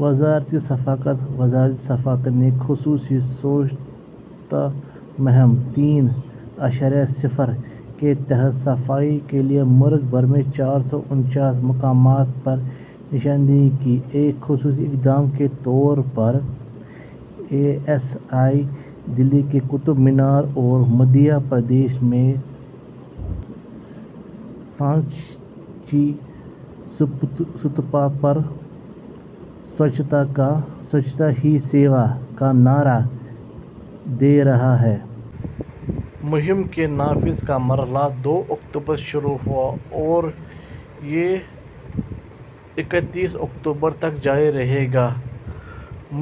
وزارت ثقافت۔ وزارت ثقافت نے خصوصی سوچھتا مہم تین اعشاریہ صفر کے تحت صفائی کے لیے ملک بھر میں چار سو انچاس مقامات کی نشاندہی کی۔ ایک خصوصی اقدام کے طور پر اے ایس آئی دہلی کے قطب مینار اور مدھیہ پردیش میں سانچی استوپا پر سوچھتا ہی سیوا کا نعرہ دے رہا ہے۔ مہم کے نفاذ کا مرحلہ دو اکتوبر سے شروع ہوا ہے اور یہ اکتیس اکتوبر تک جاری رہے گا۔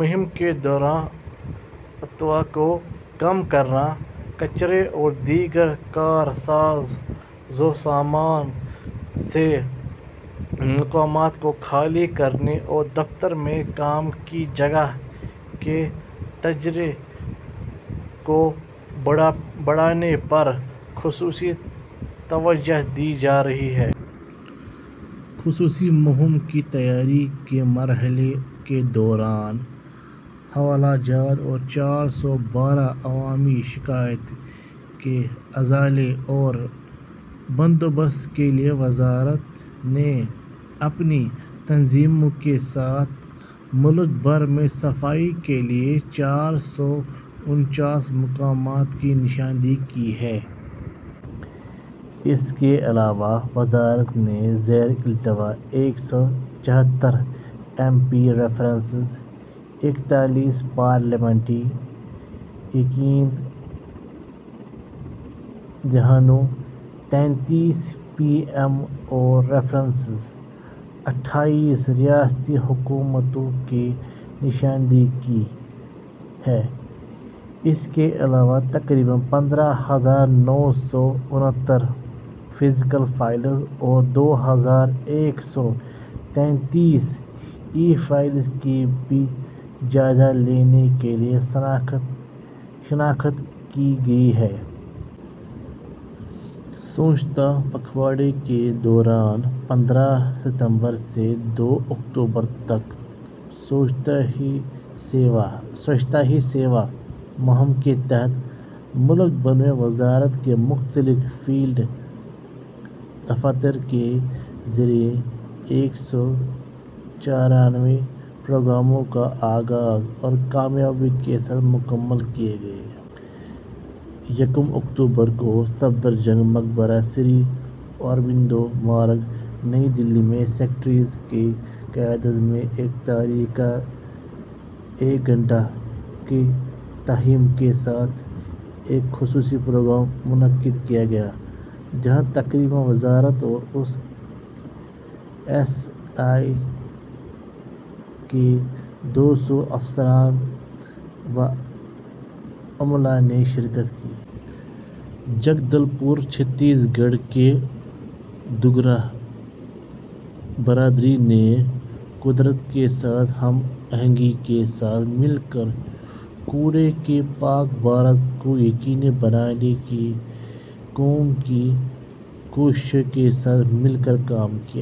مہم کے دوران التوا کو کم کرنے، کچرے اور دیگر بے کار سازوسامان سے مقامات کو خالی کرنے اور دفاتر میں کام کی جگہ کے تجربے کو بڑھانے پر خصوصی توجہ دی جا رہی ہے۔ خصوصی مہم کے تیاری کے مرحلے کے دوران حوالہ جات اور چار سو بارہ عوامی شکایات کے ازالے اور بندوبست کے لیے وزارت نے اپنی تنظیموں کے ساتھ ملک بھر میں صفائی کے لیے چار سو انچاس مقامات کی نشاندہی کی ہے۔ اس کے علاوہ وزارت نے زیر التواء ایک سو چھہتر ایم پی ریفرنسز، اکتالیس پارلیمانی یقین دہانیوں، تینتیس پی ایم او ریفرنسز، اٹھائیس ریاستی حکومتوں کی نشاندہی کی ہے۔ اس کے علاوہ تقریباً پندرہ ہزار نو سو انہتر فزیکل فائلوں اور دو ہزار ایک سو تینتیس ای فائلوں کی بھی جائزہ لینے کے لیے شناخت کی گئی ہے۔ سوچھتا پکھواڑے کے دوران پندرہ ستمبر سے دو اکتوبر تک، سوچھتا ہی سیوا مہم کے تحت ملک بھر میں وزارت کے مختلف فیلڈ دفاتر کے ذریعے ایک سو چورانوے پروگراموں کا آغاز اور کامیابی کے ساتھ مکمل کیے گئے۔ یکم اکتوبر کو صفدر جنگ مقبرہ، سری اروبندو مارگ، نئی دہلی میں سکریٹری کی قیادت میں ایک تاریخ ایک گھنٹہ کے تھیم کے ساتھ ایک خصوصی پروگرام منعقد کیا گیا جہاں تقریباً وزارت اور اے ایس آئی کے دو سو افسران و عملہ نے شرکت کی۔ جگدل پور، چھتیس گڑھ کی دھروا برادری نے قدرت کے ساتھ ہم آہنگی کے ساتھ مل کر کوڑے سے پاک بھارت کو یقینی بنانے کی قوم کی کوششوں کے ساتھ مل کر کام کیا۔